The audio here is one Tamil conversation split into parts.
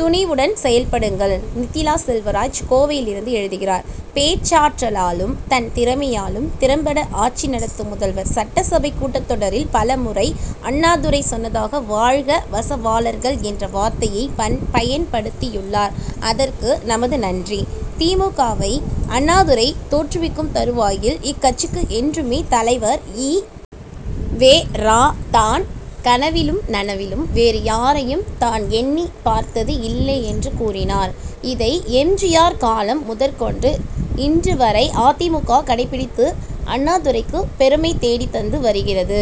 துணிவுடன் செயல்படுங்கள் நித்திலா செல்வராஜ் கோவையிலிருந்து எழுதுகிறார் பேச்சாற்றலாலும் தன் திறமையாலும் திறம்பட ஆட்சி நடத்தும் முதல்வர் சட்டசபை கூட்டத்தொடரில் பலமுறை அண்ணாதுரை சொன்னதாக வாழ்க வசவாளர்கள் என்ற வார்த்தையை பயன்படுத்தியுள்ளார் அதற்கு நமது நன்றி. தி. மு. க.வை அண்ணாதுரை தோற்றுவிக்கும் தறுவாயில் இக்கட்சிக்கு என்றுமே தலைவர் ஈ. வெ. ரா. தான் கனவிலும் நனவிலும் வேறு யாரையும் தான் எண்ணி பார்த்தது இல்லை என்று கூறினார். இதை எம். ஜி. ஆர். காலம் முதற்கொண்டு இன்று வரை அ. தி. மு. க. கடைபிடித்து அண்ணாதுரைக்கு பெருமை தேடி தந்து வருகிறது.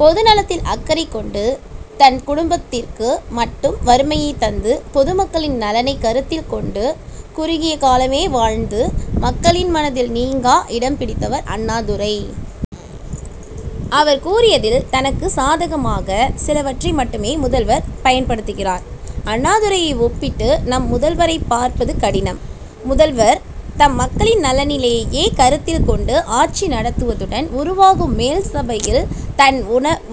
பொதுநலத்தில் அக்கறை கொண்டு தன் குடும்பத்திற்கு மட்டும் வறுமையை தந்து பொதுமக்களின் நலனை கருத்தில் கொண்டு குறுகிய காலமே வாழ்ந்து மக்களின் மனதில் நீங்கா இடம் பிடித்தவர் அண்ணாதுரை. அவர் கூறியதில் தனக்கு சாதகமாக சிலவற்றை மட்டுமே முதல்வர் பயன்படுத்துகிறார். அண்ணாதுரையை ஒப்பிட்டு நம் முதல்வரை பார்ப்பது கடினம். முதல்வர் தம் மக்களின் நலனிலேயே கருத்தில் கொண்டு ஆட்சி நடத்துவதுடன் உருவாகும் மேல்சபையில் தன்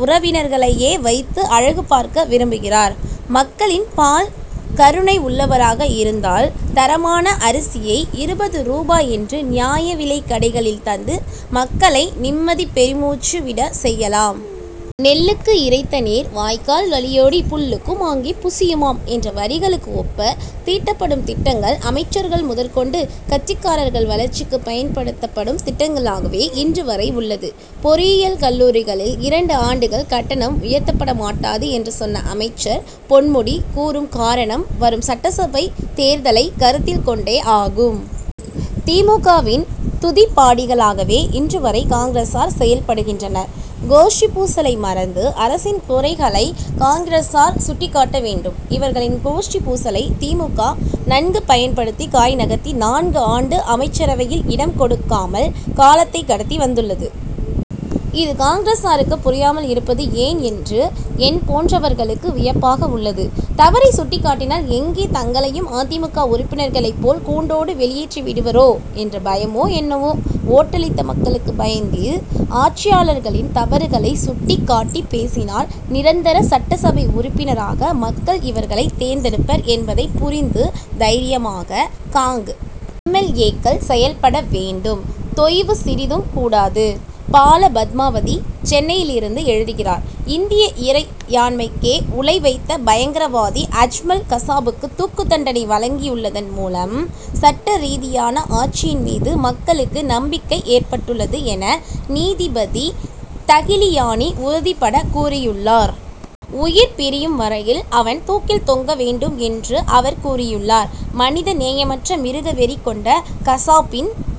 உறவினர்களையே வைத்து அழகு பார்க்க விரும்புகிறார். மக்களின் பால் கருணை உள்ளவராக இருந்தால் தரமான அரிசியை இருபது ரூபாய் என்று நியாய விலைக் கடைகளில் தந்து மக்களை நிம்மதி பெருமூச்சு விட செய்யலாம். நெல்லுக்கு இரைத்த நீர் வாய்க்கால் வழியோடி புல்லுக்கும் ஆங்கே புசியுமாம் என்ற வரிகளுக்கு ஒப்ப தீட்டப்படும் திட்டங்கள் அமைச்சர்கள் முதற்கொண்டு கட்சிக்காரர்கள் வளர்ச்சிக்கு பயன்படும் திட்டங்களாகவே இன்று வரை உள்ளது. பொறியியல் கல்லூரிகளில் இரண்டு ஆண்டுகள் கட்டணம் உயர்த்தப்பட மாட்டாது என்று சொன்ன அமைச்சர் பொன்முடி கூறும் காரணம் வரும் சட்டசபை தேர்தலை கருத்தில் கொண்டே ஆகும். தி. மு. க.வின் துதிபாடிகளாகவே இன்று வரை காங்கிரசார் செயல்படுகின்றனர். கோஷ்டிப் பூசலை மறந்து அரசின் குறைகளை காங்கிரசார் சுட்டிக்காட்ட வேண்டும். இவர்களின் கோஷ்டிப் பூசலை தி. மு. க. நன்கு பயன்படுத்தி காய் நகர்த்தி நான்கு ஆண்டு அமைச்சரவையில் இடம் கொடுக்காமல் காலத்தை கடத்தி வந்துள்ளது. இது காங்கிரசாருக்கு புரியாமல் இருப்பது ஏன் என்று என்போன்றவர்களுக்கு வியப்பாக உள்ளது. தவறை சுட்டிக் காட்டினால் எங்கே தங்களையும் அ. தி. மு. க. உறுப்பினர்களை போல் கூண்டோடு வெளியேற்றி விடுவரோ என்ற பயமோ என்னவோ. ஓட்டளித்த மக்களுக்கு பயந்து ஆட்சியாளர்களின் தவறுகளை சுட்டிக்காட்டி பேசினால் நிரந்தர சட்டசபை உறுப்பினராக மக்கள் இவர்களை தேர்ந்தெடுப்பர் என்பதை புரிந்து தைரியமாக காங். எம். எல். ஏ.க்கள் செயல்பட வேண்டும். தொய்வு சிறிதும் கூடாது பால. பத்மாவதி சென்னையிலிருந்து எழுதுகிறார் இந்திய இறையாண்மைக்கே உலை வைத்த பயங்கரவாதி அஜ்மல் கசாபுக்கு தூக்குதண்டனை வழங்கியுள்ளதன் மூலம் சட்டரீதியான ஆட்சியின் மீது மக்களுக்கு நம்பிக்கை ஏற்பட்டுள்ளது என நீதிபதி தகிலியானி உறுதிபடக் கூறியுள்ளார். உயிர் பிரியும் வரையில் அவன் தூக்கில் தொங்க வேண்டும் என்றும் அவர் கூறியுள்ளார். மனித நேயமற்ற மிருகவெறி கொண்ட கசாபின்